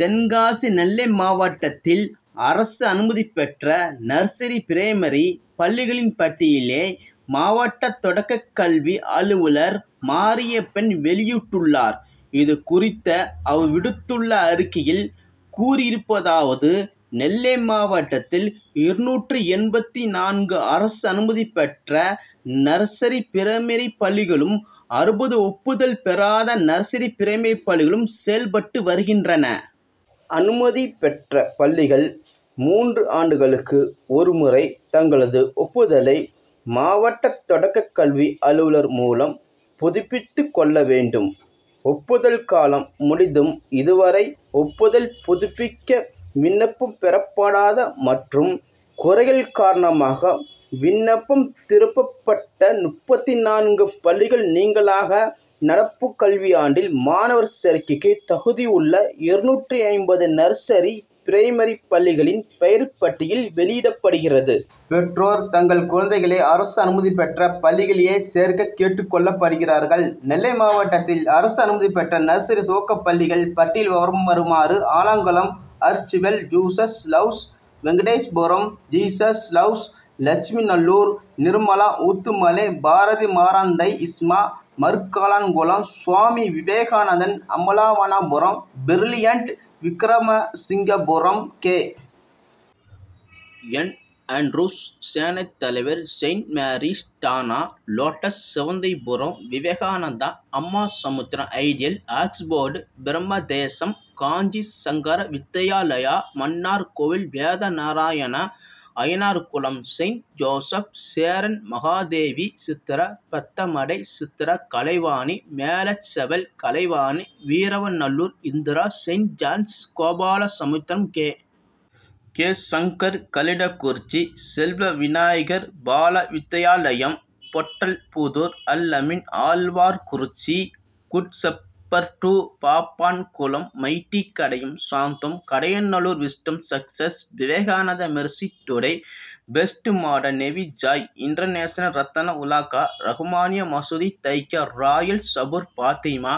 தென்காசி நெல்லை மாவட்டத்தில் அரசு அனுமதி பெற்ற நர்சரி பிரைமரி பள்ளிகளின் பட்டியலே மாவட்ட தொடக்கக்கல்வி அலுவலர் மாரியப்பன் வெளியிட்டுள்ளார். இதுகுறித்த அவர் விடுத்துள்ள அறிக்கையில் கூறியிருப்பதாவது நெல்லை மாவட்டத்தில் இருநூற்று எண்பத்து நான்கு அரசு அனுமதி பெற்ற நர்சரி பிரைமரி பள்ளிகளும் அறுபது ஒப்புதல் பெறாத நர்சரி பிரைமரி பள்ளிகளும் செயல்பட்டு வருகின்றன. அனுமதி பெற்ற பள்ளிகள் மூன்று ஆண்டுகளுக்கு ஒரு முறை தங்களது ஒப்புதலை மாவட்ட தொடக்கக்கல்வி அலுவலர் மூலம் புதுப்பித்து கொள்ள வேண்டும். ஒப்புதல் காலம் முடிந்தும் இதுவரை ஒப்புதல் புதுப்பிக்க விண்ணப்பம் பெறப்படாத மற்றும் குறைகள் காரணமாக விண்ணப்பம் திருப்பப்பட்ட முப்பத்து நான்கு பள்ளிகள் நீங்கலாக நடப்பு கல்வியாண்டில் மாணவர் சேர்க்கைக்கு தகுதியுள்ள இருநூற்று ஐம்பது நர்சரி பிரைமரி பள்ளிகளின் பெயர் பட்டியல் வெளியிடப்படுகிறது. பெற்றோர் தங்கள் குழந்தைகளை அரசு அனுமதி பெற்ற பள்ளிகளிலேயே சேர்க்க கேட்டுக் கொள்ளப்படுகிறார்கள். நெல்லை மாவட்டத்தில் அரசு அனுமதி பெற்ற நர்சரி துவக்கப்பள்ளிகள் பட்டியல் விபரம் வருமாறு ஆலங்குளம் அர்ச்வெல் Jesus loves Venkatesapuram Jesus loves Lakshmi Nallur Nirmala Oothumalai Bharathi Maranthai இஸ்மா Marukkalankulam Swami Vivekananda Ambalavanapuram brilliant Vikramasingapuram K. N. Andrews Senaithalaivar saint Mary's டானா lotus Sivanthipuram Vivekananda Ambasamudram ideal Oxford Brahmadesam Kanchi Sankara Vidyalaya Mannarkovil Vedanarayana Ayyanarkulam saint Joseph Cheranmahadevi Chitra Pathamadai Chitra Kalaivani. Melacheval Kalaivani Veeravanallur Indira saint John's Gopalasamudram K. K. Shankar Kallidaikurichi Selva Vinayagar Balavidyalayam Pottalpudur Alameen Alwarkurichi good shepherd Pappankulam mighty Kadayam Santhome Kadayanallur wisdom success Vivekananda mercy today best modern navy joy international Ratna Ulaga Rahmaniya Masood Thaika royal Sabur Fathima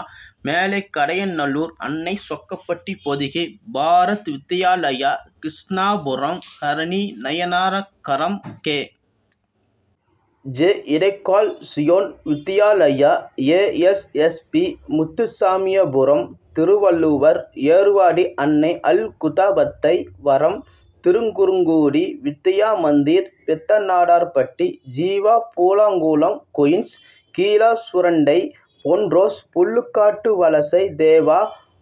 Melakadayanallur Annai Chokkampatti Pothigai Bharat Vidyalaya Krishnapuram Harini Nainaragaram K. J. Idaikal Zion Vidyalaya A. S. S. P. Muthusamiyapuram Thiruvalluvar Ervadi Annai Alhuda பத்தை வரம் Thirukkurungudi Vidya Mandir Pethanadarpatti Jeeva Poolangulam queen's. Keezhasurandai பொன்ரோஸ் Pullukattuvalasai Deva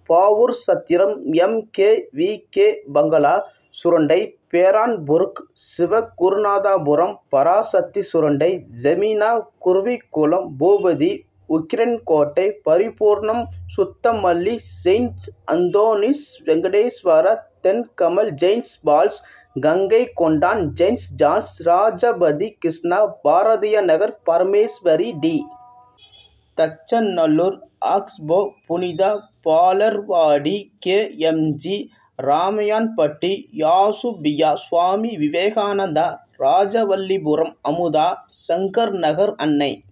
Pavoorchatram M. K. V. K. Bangala Surandai பேரன்புரூக் Sivagurunathapuram Parasakthi Surandai ஜெமினா Kuruvikulam Boopathi Ukkirankottai Paripooranam Suthamalli saint Anthony's Venkateswara Thenkamal saint Paul's Gangaikondan saint John's Rajapathi Krishna Bharathiyarnagar Parameswari T. Thachanallur Expo புனித பாலர்வாடி K. M. G. Ramaiyanpatti யாசுபியா சுவாமி விவேகானந்தா ராஜவல்லிபுரம் அமுதா சங்கர்நகர் அன்னை